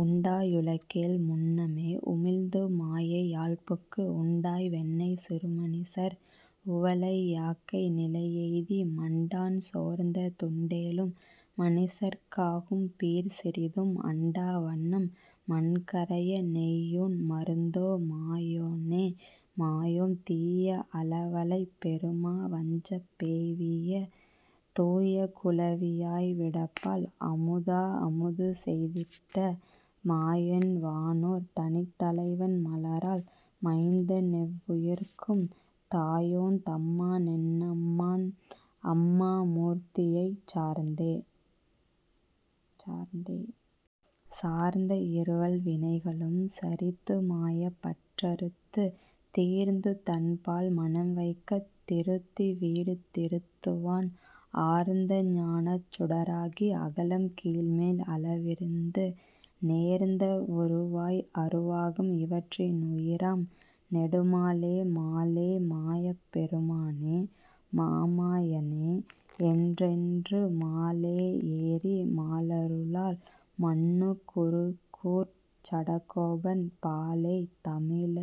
உண்டா யுலகேழ் முன்னமே, உமிழ்ந்து மாயை யால்புக்கு உண்டாய் வெண்ணெய் சிறுமனிசர் உவலை யாக்கை நிலையெய்தி மண்டான் சோர்ந்த துண்டேலும் மனிசர்க் காகும் பீர் சிறிதும் அண்டா வண்ணம் மண்கரைய நெய்யூண் மருந்தோ? மாயோனே.. மாயோம் தீய அலவலைப் பெருமா வஞ்சப் பேய்வீய தூய குழவி யாய்விடப்பால் அமுதா அமுது செய்திட்ட மாயன் வானோர் தனித்தலைவன் மலராள் மைந்த னெவ்வுயிர்க்கும் தாயோன் தம்மா னென்னம்மான் அம்மா மூர்த்தி யைச்சார்ந்தே.. சார்ந்த இருவல் வினைகளும் சரித்து மாயப் பற்றறுத்து தீர்ந்து தன்பால் மனம்வைக்கத் திருத்தி வீடு திருத்துவான், ஆர்ந்த ஞானச் சுடராகி அகலம் கீழ்மேல் அளவிறந்து, நேர்ந்த வுருவாய் அருவாகும் இவற்றி னுயிராம் நெடுமாலே. மாலே. மாயப் பெருமானே. மாமா யனே. என்றென்று மாலே யேறி மாலருளால் மன்னு குருகூர்ச் சடகோபன் பாலேய் தமிழ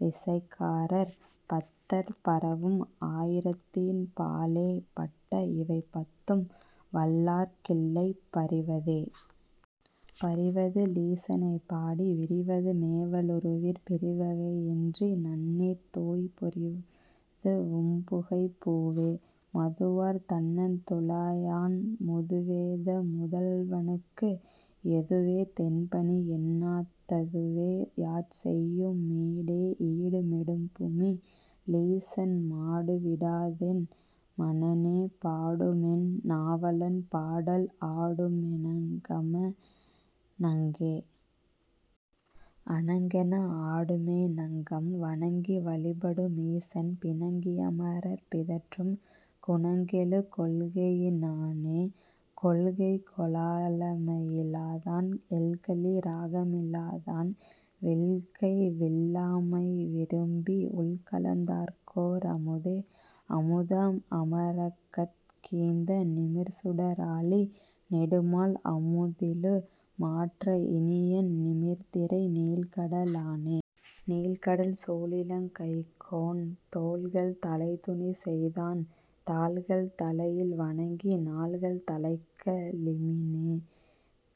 ரிசைகாரர் பத்தர் பரவும் ஆயிரத்தின் பாலே பட்ட இவைபத்தும் வல்லார்க் கில்லை பரிவதே. பரிவதி லீசனைப் பாடி விரிவது மேவ லுறுவீர். பிரிவகை யின்றிநன் னீர்தூய் புரிவது வும்புகை பூவே.. மதுவார் தண்ணந் துழாயான் முதுவே தமுதல் வனுக்கு எதுவே தென்பணி என்னா ததுவே யாட்செய்யு மீடே.. ஈடு மெடுப்புமி லீசன் மாடு விடாதென் மனனே பாடுமென் நாவலன் பாடல் ஆடுமெ னங்கம ணங்கே.. அணங்கென ஆடுமெ னங்கம் வணங்கி வழிபடு மீசன் பிணங்கி யமரர் பிதற்றும் குணங்கெழு கொள்கையி னானே.. கொள்கைகொ ளாமையி லாதான் எள்கலி ராகமி லாதான் விள்கைவிள் ளாமைவி ரும்பி உள்கலந் தார்க்கோ ரமுதே.. அமுதம் அமரகட் கீந்த நிமிர்சுட ராழி நெடுமால் அமுதிலு மாற்ற இனியன் நிமிர்திரை நீள்கட லானே.. நீள்கடல் சூழிலங் கைக்கோன் தோள்கள் தலைதுணி செய்தான் தாள்கள் தலையில் வணங்கி நாள்கள் தலைக்க ழிமினே..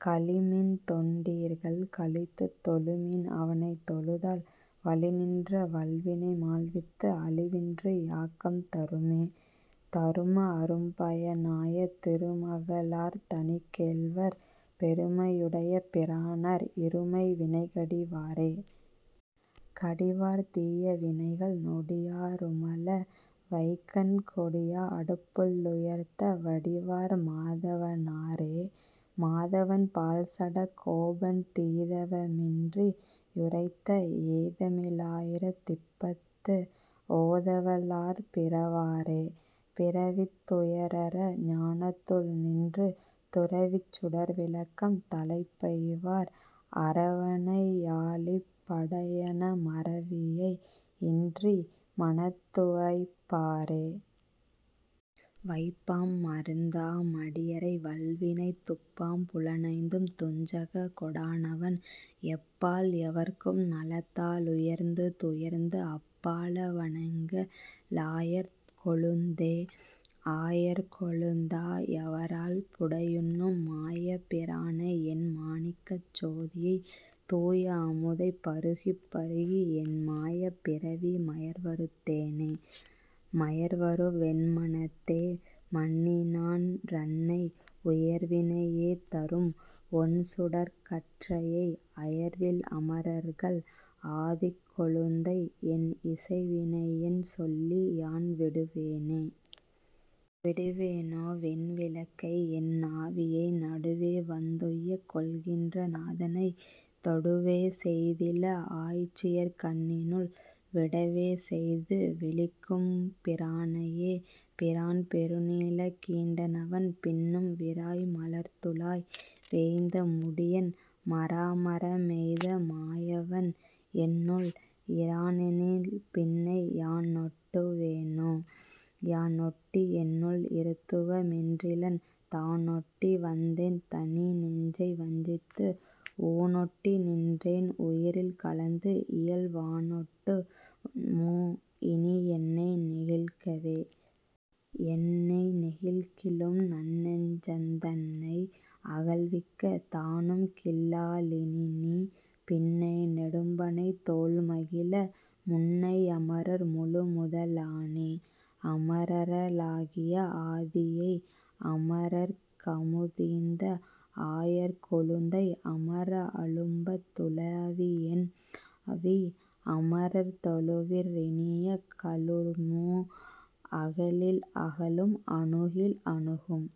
கழிமின்தொண் டீர்கள் கழித்துத் தொழுமின் அவனைத் தொழுதால் வழிநின்ற வல்வினை மாள்வித்து அழிவின்றி யாக்கம் தருமே.. தரும அரும்பய னாய திருமக ளார்தனிக் கேள்வர், பெருமை யுடைய பிரானார், இருமை வினைகடி வாரே.. கடிவார் தீய வினைகள் நொடியா ருமள வைக்கண் கொடியா அடுபுள் ளுயர்த்த வடிவார் மாதவ னாரே. மாதவன் பால்சட கோபன் தீதவ மின்றி யுரைத்த ஏதமி லாயிரத் திப்பத்து ஓதவல் லார்பிற வாரே. பிறவித்துயரற ஞானத்துள்நின்று, துறவிச்சுடர்விளக்கம் தலைப்பெய்வார், அறவனை யாழிப் படையந, மறவியை யின்றி மனத்துவைப் பாரே.. வைப்பாம்மருந்தா மடியரை, வல்வினைத் துப்பாம் புலனைந்தும் துஞ்சக கொடானவன், எப்பால் யவர்க்கும் நலத்தா லுயர்ந்துயர்ந்து, அப்பால வனெங்க ளாயர் கொழுந்தே.. ஆயர் கொழுந்தா யவரால் புடையுண்ணும், மாயப் பிரானையென் மாணிக்கச் சோதியை, தூய அமுதைப் பருகிப்பருகி, என் மாயப் பிறவி மயர்வறுத் தேனே.. மயர்வறவென்மனத்தே மன்னினான் றன்னை, உயர்வினை யேதரும் ஒண்சுடர்க் கற்றையை, அயர்வில் அமரர்கள் ஆதிக்கொழுந்தை, என் இசைவினையென்சொல்லி யான்விடுவேனே.. விடுவேனோவென் விளக்கைஎன்னாவியை, நடுவேவந்துய்யக் கொள்கின்றநாதனை, தொடுவேசெய்திள ஆய்ச்சியர்க்கண்ணினுள், விடவேசெய்து விழிக்கும்பிரானையே.. பிரான்பெருநிலங் கீண்டவன், பின்னும் விராய்மலர்த்துழாய் வேய்ந்தமுடியன், மராமரமெய்த மாயவன், என்னுள் இரானெனில்பின்னை யானொட்டுவேனோ.. யானொட்டியென்னுள் இருத்துவ மென்றிலன், தானொட்டி வந்தென் தனிநெஞ்சை வஞ்சித்து, ஊனொட்டி நின்றென் உயிரில் கலந்து, இயல் வானொட்டு மோஇனி யென்னை நெகிழ்க்கவே.. என்னை நெகிழ்க்கிலும் நன்னெஞ்சந் தன்னை, அகல்விக்கத் தானும்கில்லானினி, பின்னை நெடும்பணைத் தோள்மகிழ, முன்னை யமரர் முழுமுத லானே.. அமரர லாகிய ஆதியை, அமரர்க் கமுதீந்த ஆயர் கொழுந்தை, அமர அழும்பத் துழாவியென் னாவி, அமரர்த் தழுவிற் றினிய கலுமோ.. அகலில் அகலும் அணுகில் அணுகும்,